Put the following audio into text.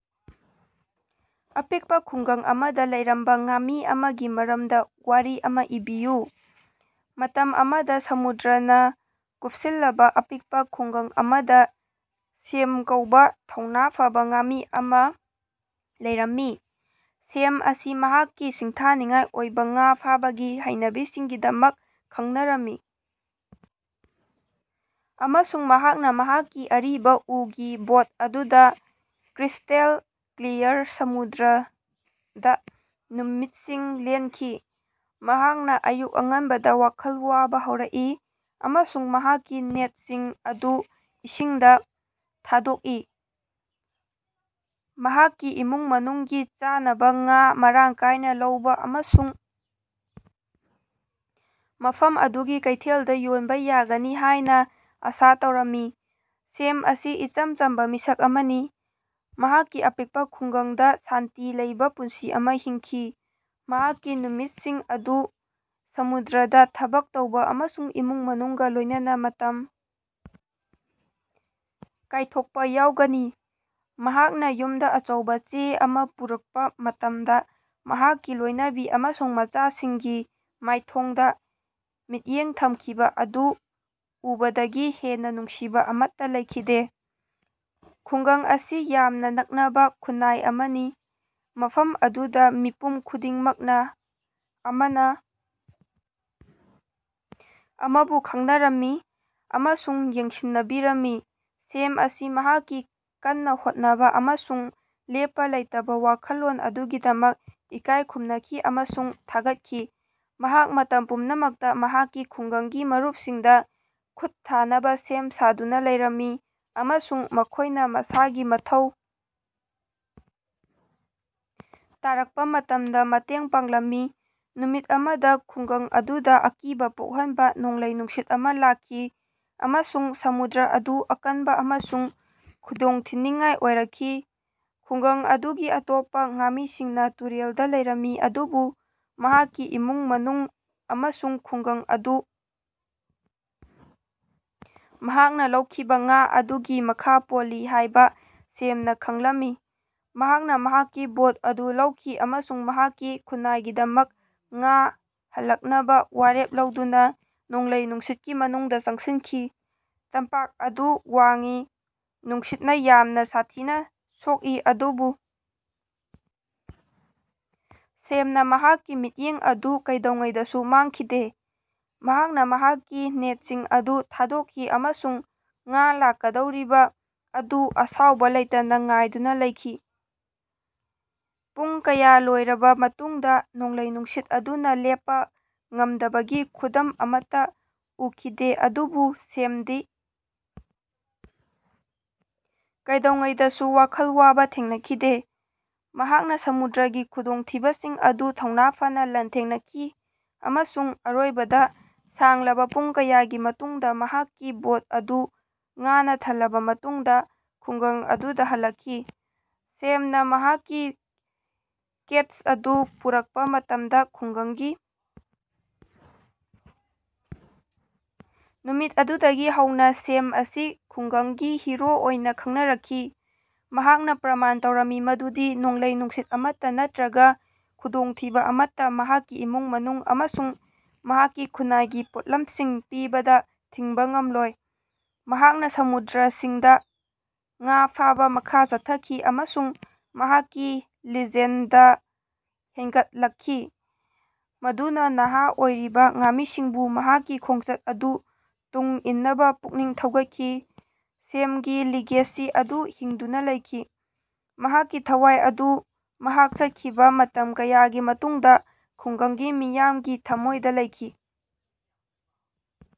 ꯑꯄꯤꯛꯄꯥ ꯈꯨꯡꯒꯪ ꯑꯃꯗꯥ ꯂꯩꯔꯝꯕꯥ ꯉꯥꯃꯤ ꯑꯃꯒꯤ ꯃꯔꯝꯗꯥ ꯋꯥꯔꯤ ꯑꯃꯥ ꯏꯕꯤꯌꯨ꯫ ꯃꯇꯝ ꯑꯃꯗꯥ ꯁꯃꯨꯗ꯭ꯔꯅꯥ ꯀꯨꯞꯁꯤꯜꯂꯕꯥ ꯑꯄꯤꯛꯄꯥ ꯈꯨꯡꯒꯪ ꯑꯃꯗꯥ ꯁꯦꯝ ꯀꯧꯕꯥ ꯊꯧꯅꯥ ꯐꯕꯥ ꯉꯥꯃꯤ ꯑꯃꯥ ꯂꯩꯔꯝꯃꯤ꯫ ꯁꯦꯝ ꯑꯁꯤ ꯃꯍꯥꯛꯀꯤ ꯁꯤꯡꯊꯥꯅꯤꯡꯉꯥꯏ ꯑꯣꯏꯕꯥ ꯉꯥ ꯐꯥꯕꯒꯤ ꯍꯩꯅꯕꯤꯁꯤꯡꯒꯤꯗꯃꯛ ꯈꯪꯅꯔꯝꯃꯤ ꯑꯃꯁꯨꯡ ꯃꯍꯥꯛꯅꯥ ꯃꯍꯥꯛꯀꯤ ꯑꯔꯤꯕꯥ ꯎꯒꯤ ꯕꯣꯠ ꯑꯗꯨꯗꯥ ꯀ꯭ꯔꯤꯁ꯭ꯇꯦꯜ ꯀ꯭ꯂꯤꯌꯔ ꯁꯃꯨꯗ꯭ꯔꯗꯥ ꯅꯨꯃꯤꯠꯁꯤꯡ ꯂꯦꯟꯈꯤ꯫ ꯃꯍꯥꯛꯅꯥ ꯑꯌꯨꯛ ꯑꯉꯟꯕꯗꯥ ꯋꯥꯈꯜ ꯋꯥꯕꯥ ꯍꯧꯔꯛꯏ ꯫ꯑꯃꯁꯨꯡ ꯃꯍꯥꯛꯀꯤ ꯅꯦꯠꯁꯤꯡ ꯑꯗꯨ ꯏꯁꯤꯡꯗꯥ ꯊꯥꯗꯣꯛꯏ꯫ ꯃꯍꯥꯛꯀꯤ ꯏꯃꯨꯡ ꯃꯅꯨꯡꯒꯤ ꯆꯥꯅꯕꯥ ꯉꯥ ꯃꯔꯥꯡ ꯀꯥꯌꯅꯥ ꯂꯧꯕꯥ ꯑꯃꯁꯨꯡ ꯃꯐꯝ ꯑꯗꯨꯒꯤ ꯀꯩꯊꯦꯜꯗꯥ ꯌꯣꯟꯕ ꯌꯥꯒꯅꯤ ꯍꯥꯏꯅꯥ ꯑꯥꯁꯥ ꯇꯧꯔꯝꯃꯤ꯫ ꯁꯦꯝ ꯑꯁꯤ ꯏꯆꯝ ꯆꯝꯕꯥ ꯃꯤꯁꯛ ꯑꯃꯅꯤ꯫ ꯃꯍꯥꯛꯀꯤ ꯑꯄꯤꯛꯄꯥ ꯈꯨꯡꯒꯪꯗꯥ ꯁꯥꯟꯇꯤ ꯂꯩꯕꯥ ꯄꯨꯟꯁꯤ ꯑꯃꯥ ꯍꯤꯡꯈꯤ꯫ ꯃꯍꯥꯛꯀꯤ ꯅꯨꯃꯤꯠꯁꯤꯡ ꯑꯗꯨ ꯁꯃꯨꯗ꯭ꯔꯗꯥ ꯊꯕꯛ ꯇꯧꯕꯥ ꯑꯃꯁꯨꯡ ꯏꯃꯨꯡ ꯃꯅꯨꯡꯒꯥ ꯂꯣꯏꯅꯅꯥ ꯃꯇꯝ ꯀꯥꯏꯊꯣꯛꯄꯥ ꯌꯥꯎꯒꯅꯤ꯫ ꯃꯍꯥꯛꯅꯥ ꯌꯨꯝꯗꯥ ꯑꯆꯧꯕꯥ ꯆꯦ ꯑꯃꯥ ꯄꯨꯔꯛꯄꯥ ꯃꯇꯝꯗꯥ ꯃꯍꯥꯛꯀꯤ ꯂꯣꯏꯅꯕꯤ ꯑꯃꯁꯨꯡ ꯃꯆꯥꯁꯤꯡꯒꯤ ꯃꯥꯏꯊꯣꯡꯗꯥ ꯃꯤꯠꯌꯦꯡ ꯊꯝꯈꯤꯕꯥ ꯑꯗꯨ ꯎꯕꯗꯒꯤ ꯍꯦꯟꯅꯥ ꯅꯨꯡꯁꯤꯕꯥ ꯑꯃꯠꯇꯥ ꯂꯩꯈꯤꯗꯦ꯫ ꯈꯨꯡꯒꯪ ꯑꯁꯤ ꯌꯥꯝꯅꯥ ꯅꯛꯅꯕꯥ ꯈꯨꯟꯅꯥꯏ ꯑꯃꯅꯤ꯫ ꯃꯐꯝ ꯑꯗꯨꯗꯥ ꯃꯤꯄꯨꯝ ꯈꯨꯗꯤꯡꯃꯛꯅꯥ ꯑꯃꯅꯥ ꯑꯃꯕꯨ ꯈꯪꯅꯔꯝꯃꯤ ꯑꯃꯁꯨꯡ ꯌꯦꯡꯁꯤꯅꯕꯤꯔꯝꯃꯤ꯫ ꯁꯦꯝ ꯑꯁꯤ ꯃꯍꯥꯛꯀꯤ ꯀꯟꯅꯥ ꯍꯣꯠꯅꯕꯥ ꯑꯃꯁꯨꯡ ꯂꯦꯞꯄꯥ ꯂꯩꯇꯕꯥ ꯋꯥꯈꯜꯂꯣꯟ ꯑꯗꯨꯒꯤꯗꯃꯛ ꯏꯀꯥꯢ ꯈꯨꯝꯅꯈꯤ ꯑꯃꯁꯨꯡ ꯊꯥꯒꯠꯈꯤ꯫ ꯃꯍꯥꯛ ꯃꯇꯝ ꯄꯨꯝꯅꯃꯛꯇꯥ ꯃꯍꯥꯛꯀꯤ ꯈꯨꯡꯒꯪꯒꯤ ꯃꯔꯨꯞꯁꯤꯡꯗꯥ ꯈꯨꯠ ꯊꯥꯅꯕꯥ ꯁꯦꯝ ꯁꯥꯗꯨꯅꯥ ꯂꯩꯔꯝꯃꯤ꯫ ꯑꯃꯁꯨꯡ ꯃꯈꯣꯏꯅꯥ ꯃꯁꯥꯒꯤ ꯃꯊꯧ ꯇꯥꯔꯛꯄꯥ ꯃꯇꯝꯗꯥ ꯃꯇꯦꯡ ꯄꯥꯡꯂꯝꯃꯤ꯫ ꯅꯨꯃꯤꯠ ꯑꯃꯗꯥ ꯈꯨꯡꯒꯪ ꯑꯗꯨꯗꯥ ꯑꯀꯤꯕꯥ ꯄꯣꯛꯍꯟꯕꯥ ꯅꯣꯡꯂꯩ-ꯅꯨꯡꯁꯤꯠ ꯑꯃꯥ ꯂꯥꯛꯈꯤ꯫ ꯑꯃꯁꯨꯡ ꯁꯃꯨꯗ꯭ꯔ ꯑꯗꯨ ꯑꯀꯟꯕꯥ ꯑꯃꯁꯨꯡ ꯈꯨꯗꯣꯡꯊꯤꯅꯤꯡꯉꯥꯏ ꯑꯣꯏꯔꯛꯈꯤ꯫ ꯈꯨꯡꯒꯪ ꯑꯗꯨꯒꯤ ꯑꯇꯣꯞꯄꯥ ꯉꯥꯃꯤꯁꯤꯡꯅꯥ ꯇꯨꯔꯦꯜꯗꯥ ꯂꯩꯔꯝꯃꯤ ꯑꯗꯨꯕꯨ ꯃꯍꯥꯛꯀꯤ ꯏꯃꯨꯡ ꯃꯅꯨꯡ ꯑꯃꯁꯨꯡ ꯈꯨꯡꯒꯪ ꯑꯗꯨ ꯃꯍꯥꯛꯅꯥ ꯂꯧꯈꯤꯕꯥ ꯉꯥ ꯑꯗꯨꯒꯤ ꯃꯈꯥ ꯄꯣꯜꯂꯤ ꯍꯥꯏꯕꯥ ꯁꯦꯝꯅꯥ ꯈꯪꯂꯝꯃꯤ꯫ ꯃꯍꯥꯛꯅꯥ ꯃꯍꯥꯛꯀꯤ ꯕꯣꯠ ꯑꯗꯨ ꯂꯧꯈꯤ ꯑꯃꯁꯨꯡ ꯃꯍꯥꯛꯀꯤ ꯈꯨꯟꯅꯥꯏꯒꯤꯗꯃꯛ ꯉꯥ ꯍꯜꯂꯛꯅꯕꯥ ꯋꯥꯔꯦꯞ ꯂꯧꯗꯨꯅꯥ ꯅꯣꯡꯂꯩ ꯅꯨꯡꯁꯤꯠꯀꯤ ꯃꯅꯨꯡꯗꯥ ꯆꯪꯁꯤꯟꯈꯤ꯫ ꯇꯝꯄꯥꯛ ꯑꯗꯨ ꯋꯥꯡꯏ, ꯅꯨꯡꯁꯤꯠꯅꯥ ꯌꯥꯝꯅꯥ ꯁꯥꯊꯤꯅꯥ ꯁꯣꯛꯏ ꯑꯗꯨꯕꯨ ꯁꯦꯝꯅꯥ ꯃꯍꯥꯛꯀꯤ ꯃꯤꯠꯌꯦꯡ ꯑꯗꯨ ꯀꯩꯗꯧꯉꯩꯗꯁꯨ ꯃꯥꯡꯈꯤꯗꯦ꯫ ꯃꯍꯥꯛꯅꯥ ꯃꯍꯥꯛꯀꯤ ꯅꯦꯠꯁꯤꯡ ꯑꯗꯨ ꯊꯥꯗꯣꯛꯈꯤ ꯑꯃꯁꯨꯡ ꯉꯥ ꯂꯥꯛꯀꯗꯧꯔꯤꯕꯥ ꯑꯗꯨ ꯑꯁꯥꯎꯕꯥ ꯂꯩꯇꯅꯥ ꯉꯥꯏꯗꯨꯅꯥ ꯂꯩꯈꯤ꯫ ꯄꯨꯡ ꯀꯌꯥ ꯂꯣꯏꯔꯕꯥ ꯃꯇꯨꯡꯗꯥ ꯅꯣꯡꯂꯩ ꯅꯨꯡꯁꯤꯠ ꯑꯗꯨꯅꯥ ꯂꯦꯞꯄꯥ ꯉꯝꯗꯕꯒꯤ ꯈꯨꯗꯝ ꯑꯃꯠꯇꯥ ꯎꯈꯤꯗꯦ ꯑꯗꯨꯕꯨ ꯁꯦꯃꯗꯤ ꯀꯩꯗꯧꯉꯩꯗꯁꯨ ꯋꯥꯈꯜ ꯋꯥꯕꯥ ꯊꯦꯡꯅꯈꯤꯗꯦ꯫ ꯃꯍꯥꯛꯅꯥ ꯁꯃꯨꯗ꯭ꯔꯒꯤ ꯈꯨꯗꯣꯡꯊꯤꯕꯁꯤꯡ ꯑꯗꯨ ꯊꯧꯅꯥ ꯐꯅꯥ ꯂꯥꯟꯊꯦꯡꯅꯈꯤ ꯑꯃꯁꯨꯡ ꯑꯔꯣꯏꯕꯗꯥ ꯁꯥꯡꯂꯕꯥ ꯄꯨꯡ ꯀꯌꯥꯒꯤ ꯃꯇꯨꯡꯗꯥ ꯃꯍꯥꯛꯀꯤ ꯕꯣꯠ ꯑꯗꯨ ꯉꯥꯅꯥ ꯊꯜꯂꯕꯥ ꯃꯇꯨꯡꯗꯥ ꯈꯨꯉ꯭ꯒꯪ ꯑꯗꯨꯗꯥ ꯍꯜꯂꯛꯈꯤ꯫ ꯁꯦꯃꯅꯥ ꯃꯍꯥꯛꯀꯤ ꯀꯦꯆ ꯑꯗꯨ ꯄꯨꯔꯛꯄꯥ ꯃꯇꯝꯗꯥ ꯈꯨꯡꯒꯪꯒꯤ ꯅꯨꯃꯤꯠ ꯑꯗꯨꯗꯒꯤ ꯍꯧꯅꯥ ꯁꯦꯝ ꯑꯁꯤ ꯈꯨꯡꯒꯪꯒꯤ ꯍꯤꯔꯣ ꯑꯣꯏꯅꯥ ꯈꯪꯅꯔꯛꯈꯤ꯫ ꯃꯍꯥꯛꯅꯥ ꯄ꯭ꯔꯃꯥꯟ ꯇꯧꯔꯝꯃꯤ ꯃꯗꯨꯗꯤ ꯅꯣꯡꯂꯩ-ꯅꯨꯡꯁꯤꯠ ꯑꯃꯠꯇꯥ ꯅꯠꯇ꯭ꯔꯒꯥ ꯈꯨꯗꯣꯡꯊꯤꯕꯥ ꯑꯃꯠꯇꯥ ꯃꯍꯥꯛꯀꯤ ꯏꯃꯨꯡ-ꯃꯅꯨꯡ ꯑꯃꯁꯨꯡ ꯃꯍꯥꯛꯀꯤ ꯈꯨꯟꯅꯥꯏꯒꯤ ꯄꯣꯠꯂꯝꯁꯤꯡ ꯄꯤꯕꯗꯥ ꯊꯤꯡꯕꯥ ꯉꯝꯂꯣꯏ꯫ ꯃꯍꯥꯛꯅꯥ ꯁꯃꯨꯗ꯭ꯔꯁꯤꯡꯗꯥ ꯉꯥ ꯐꯥꯕꯥ ꯃꯈꯥ ꯆꯠꯊꯈꯤ, ꯑꯃꯁꯨꯡ ꯃꯍꯥꯛꯀꯤ ꯂꯤꯖꯦꯟꯗꯥ ꯍꯦꯅꯒꯠꯂꯛꯈꯤ꯫ ꯃꯗꯨꯅꯥ ꯅꯍꯥ ꯑꯣꯏꯔꯤꯕꯥ ꯉꯥꯃꯤꯁꯤꯡꯕꯨ ꯃꯍꯥꯛꯀꯤ ꯈꯣꯡꯆꯠ ꯑꯗꯨ ꯇꯨꯡ ꯏꯟꯅꯕꯥ ꯄꯨꯛꯅꯤꯡ ꯊꯧꯒꯠꯈꯤ꯫ ꯁꯦꯝꯒꯤ ꯂꯤꯒꯦꯁꯤ ꯑꯗꯨ ꯍꯤꯡꯗꯨꯅꯥ ꯂꯩꯈꯤ꯫, ꯃꯍꯥꯛꯀꯤ ꯊꯋꯥꯏ ꯑꯗꯨ ꯃꯍꯥꯛ ꯆꯠꯈꯤꯕꯥ ꯃꯇꯝ ꯀꯌꯥꯒꯤ ꯃꯇꯨꯡꯗꯥ ꯈꯨꯡꯒꯪꯒꯤ ꯃꯤꯌꯥꯝꯒꯤ ꯊꯝꯃꯣꯏꯗꯥ ꯂꯩꯈꯤ꯫।